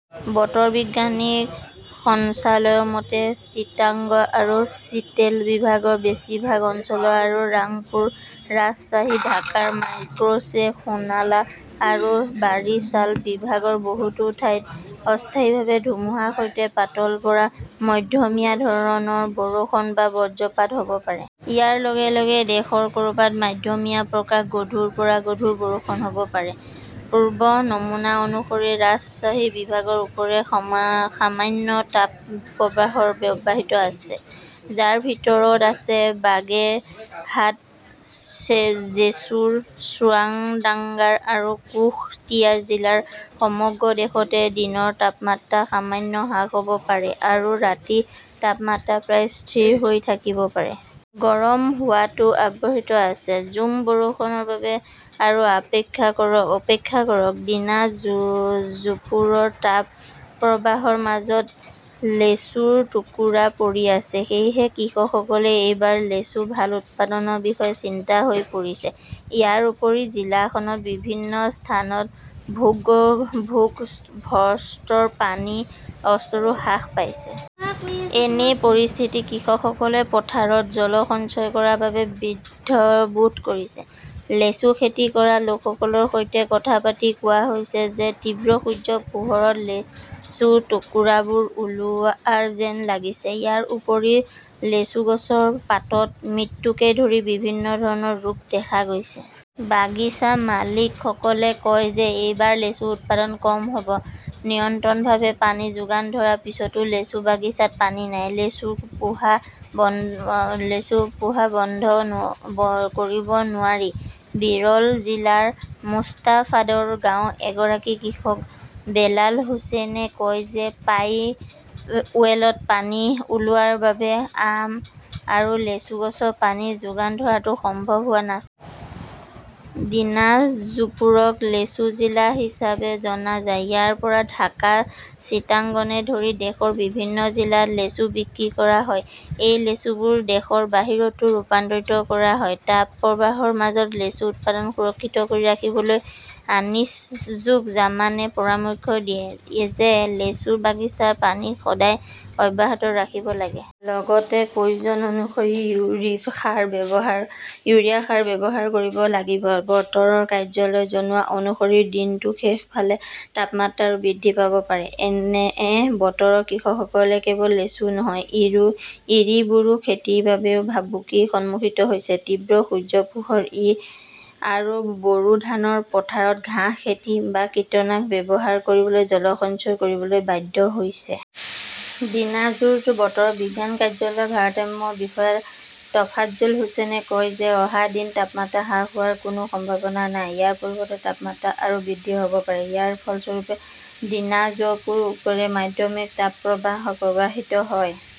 বতৰ বিজ্ঞান সঞ্চালকালয়ৰ মতে, চিটাগং আৰু চিলেট বিভাগৰ বেছিভাগ অঞ্চল আৰু ৰাংপুৰ, ৰাজশ্বাহী, ঢাকা, মাইমশ্বিং, খুলনা আৰু বাৰিছাল বিভাগৰ বহুতো ঠাইত অস্থায়ীভাৱে ধুমুহাৰ সৈতে পাতলৰ পৰা মধ্যমীয়া ধৰণৰ বৰষুণ বা বজ্ৰপাত হ 'ব পাৰে। ইয়াৰ লগে লগে দেশৰ ক'ৰবাত মধ্যমীয়া প্ৰকাৰৰ গধুৰ পৰা গধুৰ বৰষুণ হ'ব পাৰে। পূৰ্বানুমান অনুসৰি, ৰাজশ্বাহী বিভাগৰ ওপৰেৰে সামান্য তাপপ্ৰবাহ অব্যাহত আছে, যাৰ ভিতৰত আছে বাগেৰহাট, জেছুৰ, চুৱাদাঙ্গা আৰু কুশটিয়া জিলা। সমগ্ৰ দেশতে দিনৰ তাপমাত্ৰা সামান্য হ্ৰাস হ'ব পাৰে আৰু ৰাতিৰ তাপমাত্ৰা প্ৰায় স্থিৰ হৈ থাকিব পাৰে। গৰম হোৱাটো অব্যাহত আছে, ঝুম বৰষুণৰ বাবে আৰু অপেক্ষা কৰক দীনাজপুৰত তাপপ্ৰবাহৰ মাজত লিচুৰ টুকুৰা পৰি আছে। সেয়েহে কৃষকসকলে এইবাৰ লিচুৰ ভাল উৎপাদনৰ বিষয়ে চিন্তিত হৈ পৰিছে। ইয়াৰ উপৰিও জিলাখনৰ বিভিন্ন স্থানত ভূগৰ্ভস্থ পানীৰ স্তৰো হ্ৰাস পাইছে। এনে পৰিস্থিতিত কৃষকসকলে পথাৰত জলসিঞ্চন কৰাৰ বাবে দ্বিধাবোধ কৰিছে। লিচু খেতি কৰা লোকসকলৰ সৈতে কথা পাতি কোৱা হৈছিল যে তীব্ৰ সূৰ্যৰ পোহৰত লিচুৰ টুকুৰাবোৰ ওলোৱা যেন লাগিছে। ইয়াৰ উপৰিও, লিচু গছৰ পাতৰ মৃত্যুকে ধৰি বিভিন্ন ধৰণৰ ৰোগ দেখা গৈছে। বাগিছাৰ মালিকসকলে কয় যে এইবাৰ লিচুৰ উৎপাদন কম হ'ব। নিৰন্তৰভাৱে পানী যোগান ধৰাৰ পিছতো লিচু বাগিচাত পানী নাই। লিচুৰ ফোঁহা বন্ধ কৰিব নোৱাৰি। বিৰল জিলাৰ মোষ্টাফাবাদ গাঁৱৰ এগৰাকী কৃষক বেলাল হুচেইনে কয় যে পাইপৱেলত পানী ওলোৱাৰ বাবে আম আৰু লিচু গছত পানী যোগান ধৰাটো সম্ভৱ হোৱা নাছিল। দিনাজপুৰক লিচুৰ জিলা হিচাপে জনা যায়। ইয়াৰ পৰা ঢাকা-চিটাগংকে ধৰি দেশৰ বিভিন্ন জিলাত লিচু বিক্ৰী কৰা হয়। এই লিচুবোৰ দেশৰ বাহিৰতো ৰপ্তানি কৰা হয়। তাপপ্ৰবাহৰ মাজত লিচুৰ উৎপাদন সুৰক্ষিত কৰি ৰাখিবলৈ আনিছুজ্জমানে পৰামৰ্শ দিয়ে যে, লিচুৰ বাগিচাৰ পানী সদায় অব্যাহত ৰাখিব লাগে। লগতে প্ৰয়োজন অনুসৰি ইউৰিয়া সাৰ ব্যৱহাৰ কৰিব লাগিব। বতৰ কাৰ্যালয়ে জনোৱা অনুসৰি দিনটোৰ শেষৰ ফালে তাপমাত্ৰা আৰু বৃদ্ধি পাব পাৰে। এনে বতৰত কৃষকসকলে কেৱল লিচু নহয়, ইৰি-বৰো খেতিৰ বাবেও ভাবুকিৰ সন্মুখীন হৈছে। তীব্ৰ সূৰ্যৰ পোহৰত ইৰি আৰু বৰো ধানৰ পথাৰত ঘাঁহ খেতি বা কীটনাশক ব্যৱহাৰ কৰি জলসিঞ্চন কৰিবলৈ বাধ্য হৈছে। দিনাজপুৰ বতৰ বিজ্ঞান কাৰ্যালয়ৰ ভাৰপ্ৰাপ্ত বিষয়া টফাজ্জল হুচেইনে কয় যে, অহা দিনত তাপমাত্ৰা হ্ৰাস হোৱাৰ কোনো সম্ভাৱনা নাই, ইয়াৰ পৰিৱৰ্তে তাপমাত্ৰা আৰু বৃদ্ধি হ'ব পাৰে। ইয়াৰ ফলস্বৰূপে, দীনাজপুৰৰ ওপৰেৰে মধ্যমীয়া তাপপ্ৰবাহ প্ৰৱাহিত হয়।